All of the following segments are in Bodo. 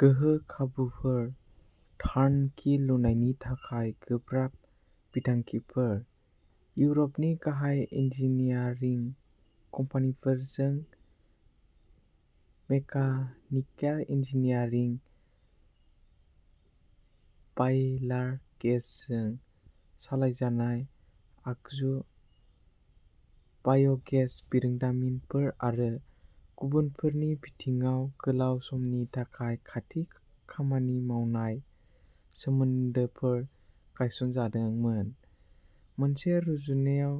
गोहो खाबुफोर टार्नकी लुनायनि थाखाय गोब्राब बिथांखिफोर। इउरपनि गाहाय इन्जिनियारिं कम्पानिफोरजों मेकानिकेल इन्जिनियारिं बायलार गेसजों सालायजानाय आगजु बाय'गेस बिरोंदामिनफोर आरो गुबुनफोरनि बिथिङाव गोलाव समनि थाखाय खाथि खामानि मावनाय सोमोन्दोफोर गायसनजादोंमोन। मोनसे रुजुनायाव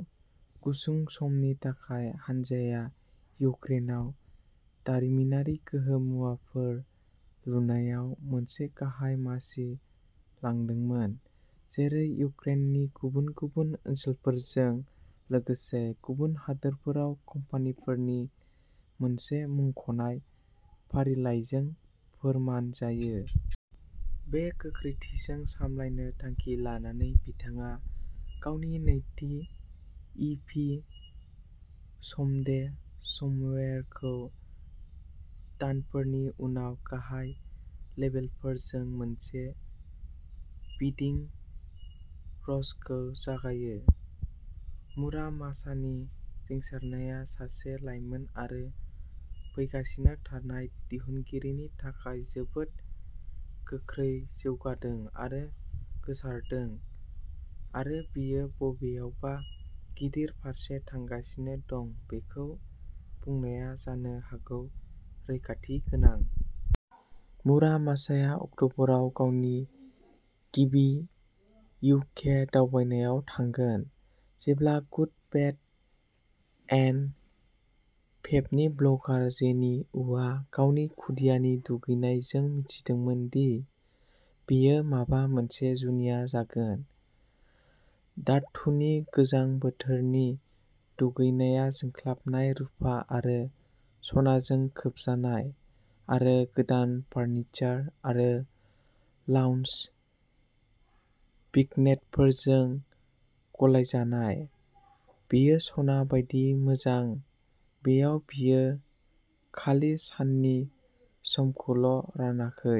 गुसुं समनि थाखाय हानजाया इउक्रेनाव दारिमिनारि गोहो मुवाफोर लुनायाव मोनसे गाहाय मासि लादोंमोन जेरै इउक्रेननि गुबुन गुबुन ओनसोलफोरजों लोगोसे गुबुन हादोरफोराव कम्पानिफोरनि मोनसे मुंख'नाय फारिलाइजों फोरमान जायो। बे गोख्रैथिजों सालायनो थांखि लानानै बिथाङा गावनि नैथि इ पि समडे समवेयर'खौ दानफोरनि उनाव गाहाय लेबेलफोरजों मोनसे बिदिं रशखौ जागायो। मुरा मासानि रिंसारनाया सासे लाइमोन आरो फैगासिनो थानाय दिहुनगिरिनि थाखाय जोबोद गोख्रै जौगादों आरो गोसारदों आरो बियो बबेयावबा गिदिर फारसे थांगासिनो दं बेखौ बुंनाया जानो हागौ रैखाथि गोनां। मुरा मासाया अक्टबराव गावनि गिबि इउ के दावबायनायाव थांगोन। जेब्ला गुड बेड एन्ड फेबनि ब्लगार जेनी उआ गावनि खुदियानि दुगैनाय जों मिथिदोंमोन दि बेयो माबा मोनसे जुनिया जागोन! धातुनि गोजां बोथोरनि दुगैनाया जोंख्लाबनाय रुफा आरो सनाजों खोबजानाय आरो गोदान फार्निचार आरो लाउन्ज भिग्नेटफोरजों गलायजानाय। बेयो सना बायदि मोजां बेयाव बियो खालि साननि-समखौल' रानाखै।